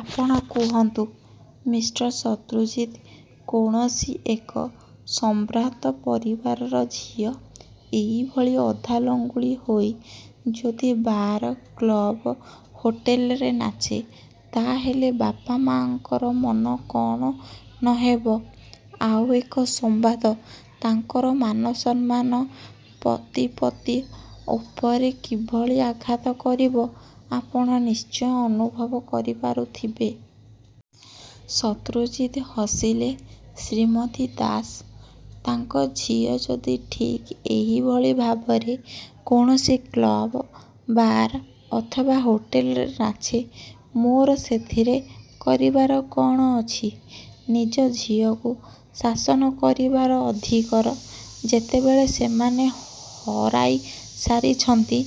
ଆପଣ କହନ୍ତୁ ମିଷ୍ଟର ଶତ୍ରୁଜିତ୍ କୌଣସି ଏକ ସମ୍ଭ୍ରାନ୍ତ ପରିବାରର ଝିଅ, ଏଇଭଳି ଅଧାଲଙ୍ଗୁଳୀ ହେଇ ଯଦି ବାର, କ୍ଳବ, ହୋଟେଲରେ ନାଚେ, ତା ହେଲେ ବାପ ମାଆଙ୍କର ମନ କଣ ନ ହେବ ଆଉ ଏକ ସମ୍ବାଦ ତାଙ୍କର ମାନସମ୍ମାନ ପ୍ରତିପତ୍ତି ଉପରେ କିଭଳି ଆଘାତ କରିବ ଆପଣ ନିଶ୍ଚୟ ଅନୁଭବ କରିପାରୁଥିବେ। ଶତ୍ରୁଜିତ୍ ହସିଲେ ଶ୍ରୀମତୀ ଦାସ ତାଙ୍କ ଝିଅ ଯଦି ଠିକ୍ ଏଇଭଳି ଭାବରେ କୌଣସି କ୍ଲବ, ବାର ଅଥବା ହୋଟେଲରେ ନାଚେ ମୋର ସେଥିରେ କରିବାର କଣ ଅଛି? ନିଜ ଝିଅକୁ ଶାସନ କରିବାର ଅଧିକାର ଯେତେବେଳେ ସେମାନେ ହରାଇସାରିଛନ୍ତି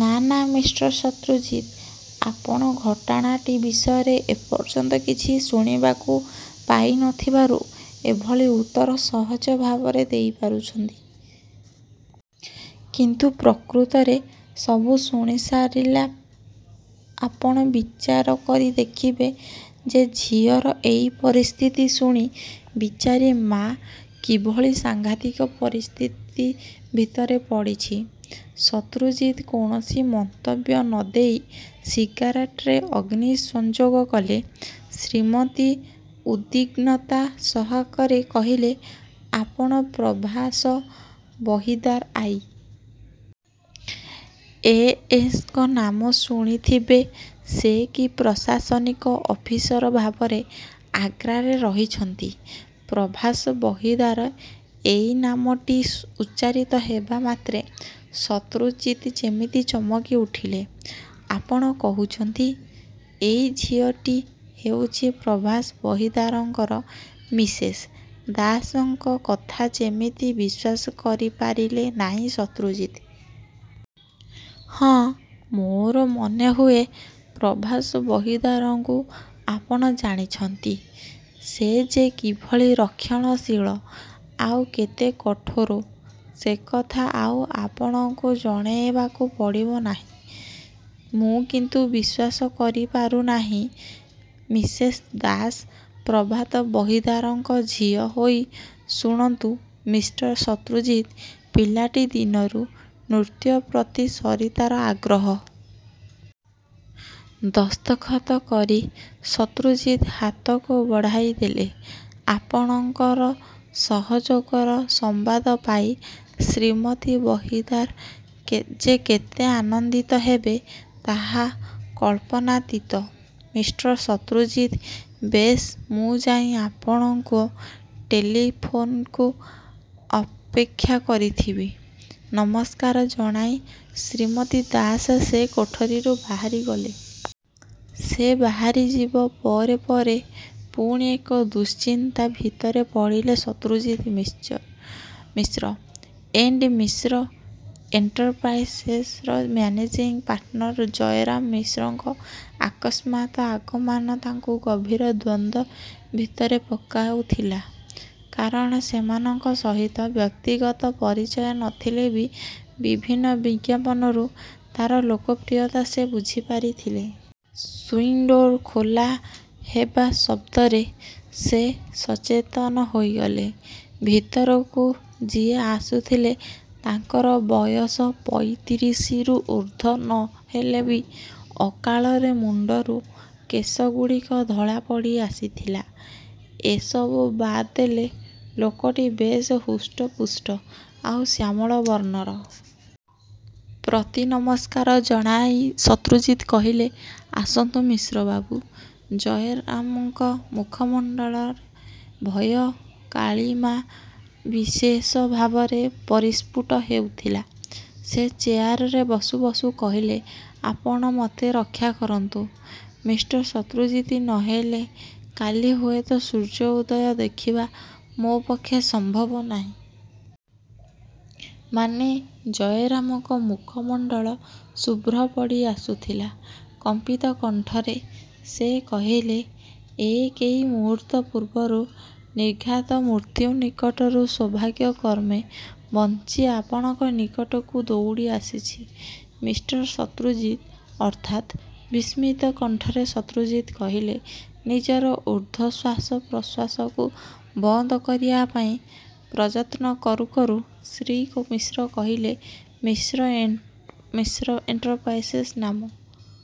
ନା ନା ମିଷ୍ଟର ଶତ୍ରୁଜିତ୍ ଆପଣ ଘଟଣାଟି ବିଷୟରେ ଏପର୍ଯ୍ୟନ୍ତ କିଛି ଶୁଣିବାକୁ ପାଇ ନ ଥିବାରୁ ଏଭଳି ଉତ୍ତର ସହଜ ଭାବରେ ଦେଇପାରୁଛନ୍ତି। କିନ୍ତୁ ପ୍ରକୃତରେ ସବୁ ଶୁଣିସାରିଲେ ଆପଣ ବିଚାର କରି ଦେଖିବେ ଯେ ଝିଅର ଏଇ ପରିସ୍ଥିତି ଶୁଣି ବିଚାରୀ ମା କିଭଳି ସାଂଘାତିକ ପରିସ୍ଥିତି ଭିତରେ ପଡ଼ିଛି। ଶତ୍ରୁଜିତ୍ କୌଣସି ମନ୍ତବ୍ୟ ନ ଦେଇ ସିଗାରେଟରେ ଅଗ୍ନି ସଂଯୋଗ କଲେ। ଶ୍ରୀମତୀ ଉଦ୍ବିଗ୍ନତା ସହକରେ କହିଲେ ଆପଣ Prabhas Bahidar I. A. S. ଙ୍କ ନାମ ଶୁଣିଥିବେ ସେ କି ପ୍ରଶାସନିକ ଅଫିସର ଭାବରେ ଆଗ୍ରାରେ ରହିଛନ୍ତି ପ୍ରଭାସ ବହିଦାର ଏଇ ନାମଟି ଉଚ୍ଚାରିତ ହେବାମାତ୍ରେ ଶତ୍ରୁଜିତ୍ ଯେମିତି ଚମକିଉଠିଲେ ଆପଣ କହୁଛନ୍ତି । ଏଇ ଝିଅଟି ହେଉଛି ପ୍ରଭାସ ବହିଦାରଙ୍କର ମିସେସ୍ ଦାସଙ୍କ କଥା ଯେମିତି ବିଶ୍ୱାସ କରିପାରିଲେ ନାହିଁ ଶତ୍ରୁଜିତ୍। ହଁ, ମୋର ମନେହୁଏ, ପ୍ରଭାସ ବହିଦାରଙ୍କୁ ଆପଣ ଜାଣିଛନ୍ତି। ସେ ଯେ କିଭଳି ରକ୍ଷଣଶୀଳ ଆଉ କେତେ କଠୋର ସେକଥା ଆଉ ଆପଣଙ୍କୁ ଜଣାଇବାକୁ ପଡ଼ିବ ନାହିଁ। ମୁଁ କିନ୍ତୁ ବିଶ୍ୱାସ କରିପାରୁନାହିଁ । ମିସେସ ଦାସ ପ୍ରଭାତ ବହିଦାରଙ୍କ ଝିଅ ହୋଇ ଶୁଣନ୍ତୁ ମିଷ୍ଟର ଶତ୍ରୁଜିତ୍ ପିଲାଟି ଦିନରୁ ନୃତ୍ୟ ପ୍ରତି ସରିତାର ଆଗ୍ରହ। ଦସ୍ତଖତ୍ କରି ଶତ୍ରୁଜିତ୍ ହାତକୁ ବଢ଼ାଇଦେଲେ। ଆପଣଙ୍କର ସହଯୋଗର ସମ୍ବାଦ ପାଇ ଶ୍ରୀମତୀ ବହିଦାର ଯେ କେତେ ଆନନ୍ଦିତ ହେବେ ତାହା କଳ୍ପନାତୀତ, ମିଷ୍ଟର ଶତ୍ରୁଜିତ୍ ବେଶ୍ ମୁଁ ଯାଇ ଆପଣଙ୍କ ଟେଲିଫୋନକୁ ଅପେକ୍ଷା କରିଥିବି। ନମସ୍କାର ଜଣାଇ ଶ୍ରୀମତୀ ଦାସ ସେ କୋଠରିରୁ ବାହାରିଗଲେ। ସେ ବାହାରିଯିବ ପରେ ପରେ ପୁଣି ଏକ ଦୁଶ୍ଚିନ୍ତା ଭିତରେ ପଡ଼ିଲେ ଶତ୍ରୁଜିତ୍ ମିଶ୍ର, ଏଣ୍ତ୍ ମିଶ୍ର, ଏଣ୍ଟରପ୍ରାଇଜର୍ସର ମେନେଜିଂ ପାର୍ଟନର ଜୟରାମ ମିଶ୍ରଙ୍କ ଅକସ୍ମାତ୍ ଆଗମନ ତାଙ୍କୁ ଗଭୀର ଦ୍ୱନ୍ଦ୍ୱ ଭିତରେ ପକାଉଥିଲା। କାରଣ ସେମାନଙ୍କ ସହିତ ବ୍ୟକ୍ତିଗତ ପରିଚୟ ନ ଥିଲେ ବି ବିଭିନ୍ନ ବିଜ୍ଞାପନରୁ ତାର ଲୋକପ୍ରିୟତା ସେ ବୁଝିପାରିଥିଲେ। ସୁଇଂଡୋର ଖୋଲା ହେବା ଶଦ୍ଦରେ ସେ ସଚେତନ ହୋଇଗଲେ। ଭିତରକୁ ଯିଏ ଆସୁଥିଲେ ତାଙ୍କର ବୟସ ପଇତିରିସି ରୁ ଊର୍ଦ୍ଧ୍ୱ ନ ହେଲେ ବି ଅକାଳରେ ମୁଣ୍ତର କେଶଗୁଡ଼ିକ ଧଳା ପଡ଼ିଆସିଥିଲା। ଏ ସବୁ ବାଦ୍ ଦେଲେ ଲୋକଟି ବେଶ୍ ହୃଷ୍ଟପୁଷ୍ଟ, ଆଉ ଶ୍ୟାମଳ ବର୍ଣ୍ଣର। ପ୍ରତିନମସ୍କାର ଜଣାଇ ଶତ୍ରୁଜିତ୍ କହିଲେ ଆସନ୍ତୁ ମିଶ୍ରବାବୁ ଜୟରାମଙ୍କ ମୁଖମଣ୍ତଳରେ ଭୟର କାଳିମା ବିଶେଷ ଭାବରେ ପରିସ୍ଫୁଟ ହେଉଥିଲା। ସେ ଚେୟାରରେ ବସୁ ବସୁ କହିଲେ ଆପଣ ମୋତେ ରକ୍ଷା କରନ୍ତୁ। ମିଷ୍ଟର ଶତ୍ରୁଜିତ୍ ନ ହେଲେ କାଲି ହୁଏତ ସୂର୍ଯ୍ୟୋଦୟ ଦେଖିବା ମୋ ପକ୍ଷରେ ସମ୍ଭବ ହେବ ନାହିଁ। ମାନେ ଜୟରାମଙ୍କର ମୁଖମଣ୍ତଳ ଶୁଭ୍ର ପଡ଼ିଆସୁଥିଲା। କମ୍ପିତ କଣ୍ଠରେ ସେ କହିଲେ ଏଇ କେଇ ମୁହୂର୍ତ୍ତ ପୂର୍ବରୁ ନିର୍ଘାତ ମୃତ୍ୟୁ ନିକଟରୁ ସୌଭାଗ୍ୟକ୍ରମେ ବଞ୍ଚି ଆପଣଙ୍କ ନିକଟକୁ ଦୌଡ଼ିଆସିଛି, ମିଷ୍ଟର ଶତ୍ରୁଜିତ୍ ଅର୍ଥାତ୍ ବିସ୍ମିତ କଣ୍ଠରେ ଶତ୍ରୁଜିତ୍ କହିଲେ। ନିଜର ଊର୍ଦ୍ଧ୍ୱ ଶ୍ୱାସ ପ୍ରଶ୍ୱାସକୁ ବନ୍ଦ କରିବାପାଇଁ ପ୍ରଯତ୍ନ କରୁକରୁ ଶ୍ରୀ ମିଶ୍ର କହିଲେ, ମିଶ୍ର ଏଣ୍ତ୍ ମିଶ୍ର ଏଣ୍ଟରପ୍ରାଇଜର୍ସର ନାମ ।